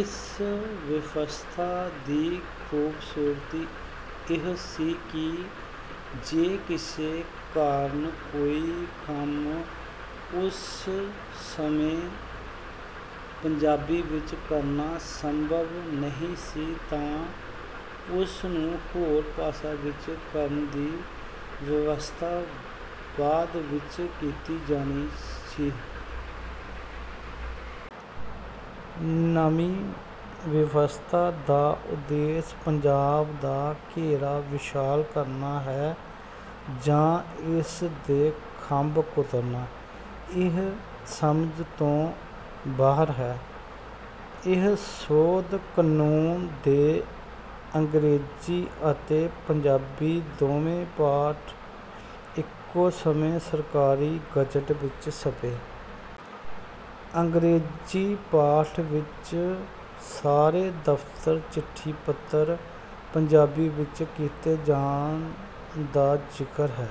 ਇਸ ਵਿਵਸਥਾ ਦੀ ਖ਼ੂਬਸੂਰਤੀ ਇਹ ਸੀ ਕਿ ਜੇ ਕਿਸੇ ਕਾਰਨ ਕੋਈ ਕੰਮ ਉਸ ਸਮੇਂ ਪੰਜਾਬੀ ਵਿੱਚ ਕਰਨਾ ਸੰਭਵ ਨਹੀਂ ਸੀ ਤਾਂ ਉਸ ਕੰਮ ਨੂੰ ਹੋਰ ਭਾਸ਼ਾ ਵਿੱਚ ਕਰਨ ਦੀ ਵਿਵਸਥਾ ਬਾਅਦ ਵਿੱਚ ਕੀਤੀ ਜਾਣੀ ਸੀ। ਨਵੀਂ ਵਿਵਸਥਾ ਦਾ ਉਦੇਸ਼ ਪੰਜਾਬੀ ਦਾ ਘੇਰਾ ਵਿਸ਼ਾਲ ਕਰਨਾ ਹੈ ਜਾਂ ਇਸ ਦੇ ਖੰਭ ਕੁਤਰਨਾ, ਇਹ ਸਮਝ ਤੋਂ ਬਾਹਰ ਹੈ। ਇਸ ਸੋਧ ਕਾਨੂੰਨ ਦੇ ਅੰਗਰੇਜ਼ੀ ਅਤੇ ਪੰਜਾਬੀ, ਦੋਵੇਂ ਪਾਠ ਇੱਕੋ ਸਮੇਂ ਸਰਕਾਰੀ ਗਜ਼ਟ ਵਿੱਚ ਛਪੇ। ਅੰਗਰੇਜ਼ੀ ਪਾਠ ਵਿੱਚ 'ਸਾਰੇ ਦਫ਼ਤਰੀ ਚਿੱਠੀ ਪੱਤਰ' ਪੰਜਾਬੀ ਵਿੱਚ ਕੀਤੇ ਜਾਣ ਦਾ ਜ਼ਿਕਰ ਹੈ।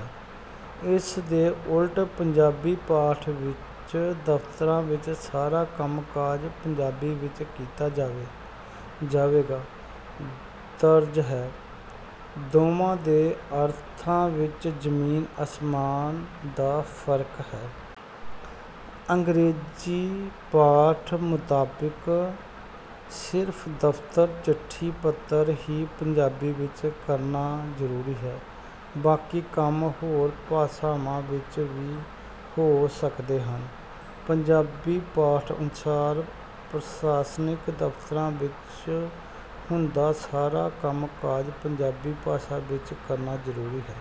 ਇਸ ਦੇ ਉਲਟ ਪੰਜਾਬੀ ਪਾਠ ਵਿੱਚ 'ਦਫ਼ਤਰਾਂ ਵਿੱਚ ਸਾਰਾ ਕੰਮਕਾਜ ਪੰਜਾਬੀ ਵਿੱਚ ਕੀਤਾ ਜਾਵੇਗਾ' ਦਰਜ ਹੈ। ਦੋਵਾਂ ਦੇ ਅਰਥਾਂ ਵਿੱਚ ਜ਼ਮੀਨ ਆਸਮਾਨ ਦਾ ਫ਼ਰਕ ਹੈ। ਅੰਗਰੇਜ਼ੀ ਪਾਠ ਮੁਤਾਬਿਕ ਸਿਰਫ਼ 'ਦਫ਼ਤਰੀ ਚਿੱਠੀ ਪੱਤਰ' ਹੀ ਪੰਜਾਬੀ ਵਿੱਚ ਕਰਨਾ ਜ਼ਰੂਰੀ ਹੈ। ਬਾਕੀ ਕੰਮ ਹੋਰ ਭਾਸ਼ਾ ਵਿੱਚ ਵੀ ਹੋ ਸਕਦੇ ਹਨ। ਪੰਜਾਬੀ ਪਾਠ ਅਨੁਸਾਰ ਪ੍ਰਸ਼ਾਸਨਿਕ ਦਫ਼ਤਰਾਂ ਵਿੱਚ ਹੁੰਦਾ ਸਾਰਾ ਕੰਮਕਾਜ ਪੰਜਾਬੀ ਭਾਸ਼ਾ ਵਿੱਚ ਕਰਨਾ ਜ਼ਰੂਰੀ ਹੈ।।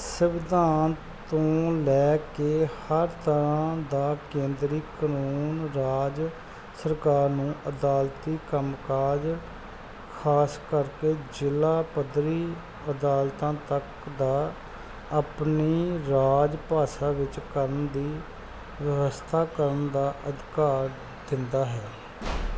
ਸੰਵਿਧਾਨ ਤੋਂ ਲੈ ਕੇ ਹਰ ਤਰ੍ਹਾਂ ਦਾ ਕੇਂਦਰੀ ਕਾਨੂੰਨ ਰਾਜ ਸਰਕਾਰਾਂ ਨੂੰ ਅਦਾਲਤੀ ਕੰਮਕਾਜ, ਖ਼ਾਸਕਰ ਜ਼ਿਲ੍ਹਾ ਪੱਧਰੀ ਅਦਾਲਤਾਂ ਤੱਕ ਦਾ, ਆਪਣੀ ਰਾਜ ਭਾਸ਼ਾ ਵਿੱਚ ਕਰਨ ਦੀ ਵਿਵਸਥਾ ਕਰਨ ਦਾ ਅਧਿਕਾਰ ਦਿੰਦਾ ਹੈ।